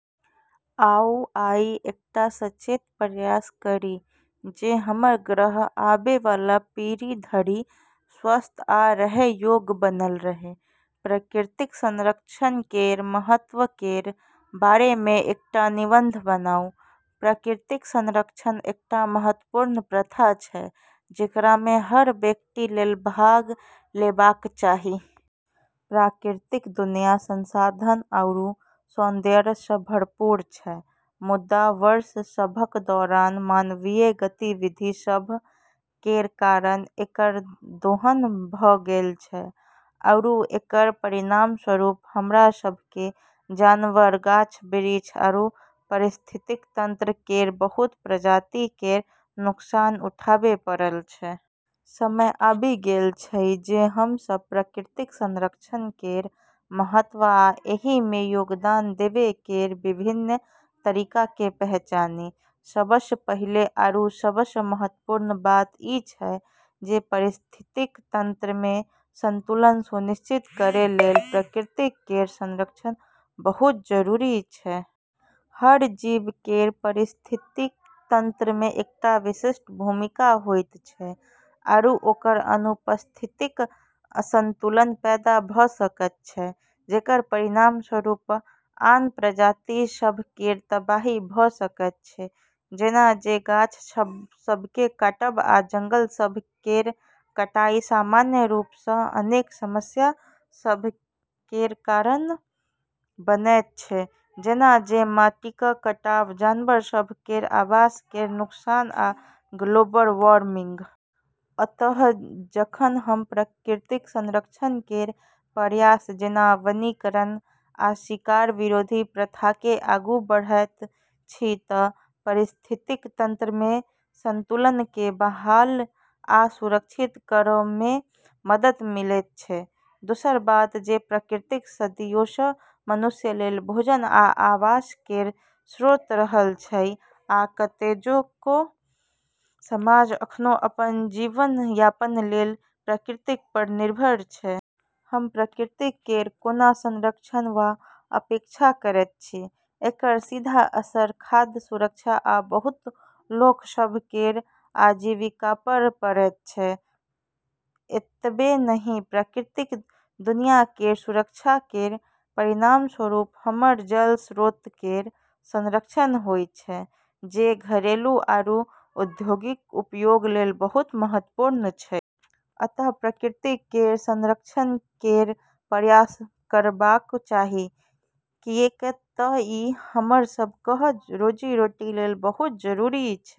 आउ आइ एकटा सचेत प्रयास करी जे हमर ग्रह आबैबला पीढ़ी धरि स्वस्थ आ रहै योग्य बनल रहै। प्रकृति संरक्षण केर महत्व केर बारेमे एकटा निबंध बनाउ। प्रकृति संरक्षण एकटा महत्वपूर्ण प्रथा छै, जेकरामे हर व्यक्ति लेल भाग लेबाक चाही। प्राकृतिक दुनिया संसाधन आरू सौंदर्यसँ भरपूर छै, मुदा वर्ष सभक दौरान मानवीय गतिविधि सभ केर कारण एकर दोहन भऽ गेल छै, आरू एकर परिणामस्वरूप, हमरा सभकेँ जनावर, गाछ-बिरछ आरू पारिस्थितिकी तंत्र केर बहुत प्रजाति केर नुकसान उठाबै पड़ल छै। समय आबि गेल अछि जे हम सब प्रकृति संरक्षण केर महत्व आ एहिमे योगदान देबै केर विभिन्न तरीकाकेँ पहचानी। सबसँ पहिले आरू सबसँ महत्वपूर्ण बात ई छै जे पारिस्थितिकी तंत्रमे संतुलन सुनिश्चित करै लेल प्रकृति केर संरक्षण बहुत जरूरी छै। हर जीव केर पारिस्थितिकी तंत्रमे एकटा विशिष्ट भूमिका होइत छै, आरू ओकर अनुपस्थितिसँ असंतुलन पैदा भऽ सकैत छै जेकर परिणामस्वरूप आन प्रजाति सभ केर तबाही भऽ सकैत छै। जेना जे गाछ सभकेँ काटब आ जंगल सभ केर कटाई, सामान्य रूपसँ, अनेक समस्या सभ केर कारण बनैत छै जेना जे माटिक कटाव, जनावर सभ केर आवास केर नुकसान आ ग्लोबल वार्मिंग। अतः जखन हम प्रकृति संरक्षण केर प्रयास जेना वनीकरण आ शिकार विरोधी प्रथाकेँ आगू बढ़ैत छी तऽ पारिस्थितिकी तंत्रमे संतुलनकेँ बहाल आ संरक्षित करैमे मदद मिलैत छै। दोसर बात जे प्रकृति सदियोसँ मनुष्य लेल भोजन आ आवास केर स्रोत रहल अछि, आ कतेको समाज अखनो अपन जीवन यापन लेल प्रकृतिपर निर्भर अछि। हम प्रकृति केर कोना संरक्षण वा उपेक्षा करैत छी एकर सीधा असर खाद्य सुरक्षा आ बहुत लोक सभ केर आजीविकापर पड़ैत अछि। एतबे नहि, प्राकृतिक दुनिया केर सुरक्षा केर परिणामस्वरूप हमर जल स्रोत केर संरक्षण होइत छै, जे घरेलू आरू औद्योगिक उपयोग लेल बहुत महत्वपूर्ण छै। अतः प्रकृति केर संरक्षण केर प्रयास करबाक चाही किऐक तऽ ई हमर सबहक रोजी-रोटी लेल बहुत जरूरी अछि।